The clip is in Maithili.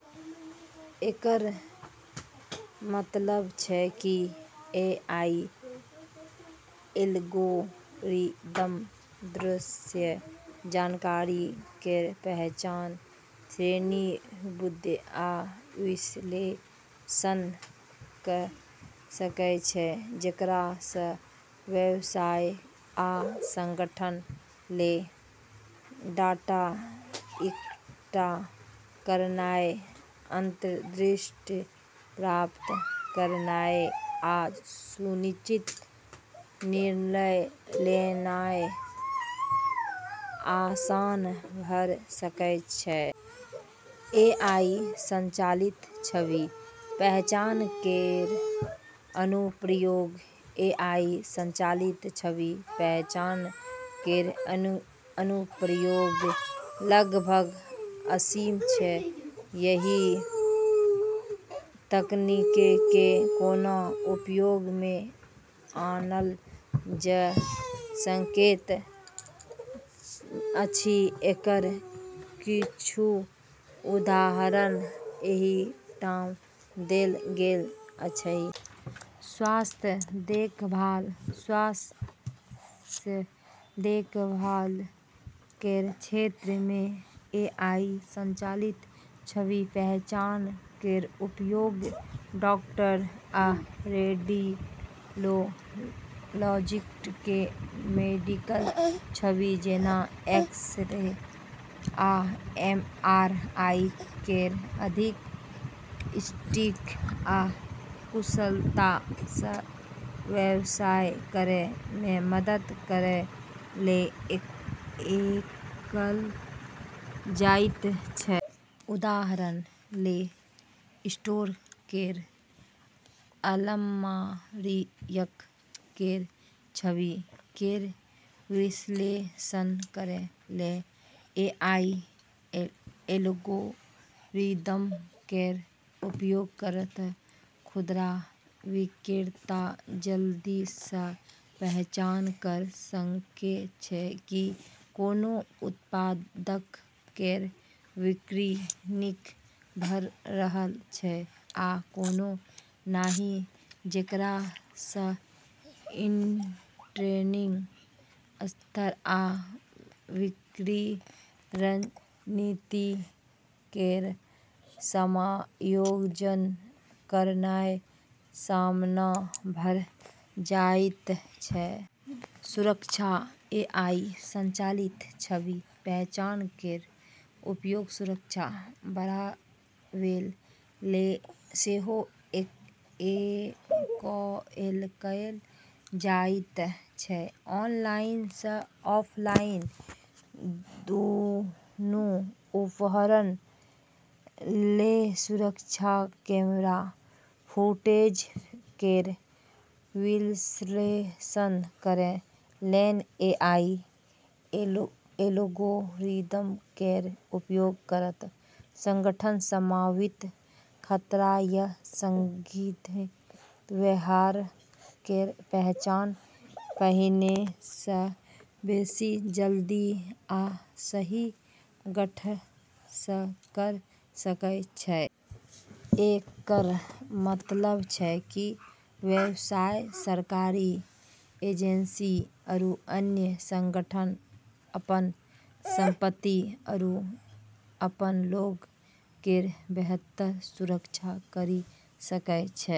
एकर मतलब छै कि एआई एल्गोरिदम दृश्य जानकारी केर पहचान, श्रेणीबद्ध आ विश्लेषण कऽ सकै छै, जेकरा सँ व्यवसाय आ संगठन लेल डेटा इकट्ठा करनाय, अंतर्दृष्टि प्राप्त करनाय आ सूचित निर्णय लेनाय आसान भऽ सकै छै। एआई संचालित छवि पहचान केर अनुप्रयोग एआई संचालित छवि पहचान केर अनुप्रयोग लगभग असीम छै। एहि तकनीक केँ कोना उपयोग मे आनल जा सकैत अछि एकर किछु उदाहरण एहि ठाम देल गेल अछि। स्वास्थ्य देखभाल: स्वास्थ्य देखभाल केर क्षेत्र मे एआई संचालित छवि पहचान केर उपयोग डॉक्टर आ रेडियोलॉजिस्ट केँ मेडिकल छवि, जेना एक्स-रे आ एमआरआई केर अधिक सटीक आ कुशलता सँ व्याख्या करै मे मदद करै लेल कएल जाइत छै। उदाहरण लेल स्टोर केर अलमारियक केर छवि केर विश्लेषण करै लेल एआई एल्गोरिदम केर उपयोग करैत खुदरा विक्रेता जल्दी सँ पहचान कऽ सकै छै की कोनो उत्पादक केर बिक्री नीक भऽ रहल छै आ कोनो नहि, जेकरा सँ इन्वेंट्री स्तर आ बिक्री रणनीति केर समायोजन करनाय आसान भऽ जाइत छै। सुरक्षा: एआई संचालित छवि पहचान केर उपयोग सुरक्षा बढ़ावैल लेल सेहो कएल जाइत छै, ऑनलाइन आ ऑफलाइन दूनू। उदाहरण लेल सुरक्षा कैमरा फुटेज केर विश्लेषण करै लेल एआई एल्गोरिदम केर उपयोग करैत, संगठन संभावित खतरा या संदिग्ध व्यवहार केर पहचान पहिने सँ बेसि जल्दी आ सही ढंग सँ कऽ सकै छै। एकर मतलब छै कि व्यवसाय, सरकारी एजेंसी, आरू अन्य संगठन अपन संपत्ति आरू अपन लोग केर बेहतर सुरक्षा करी सकै छै।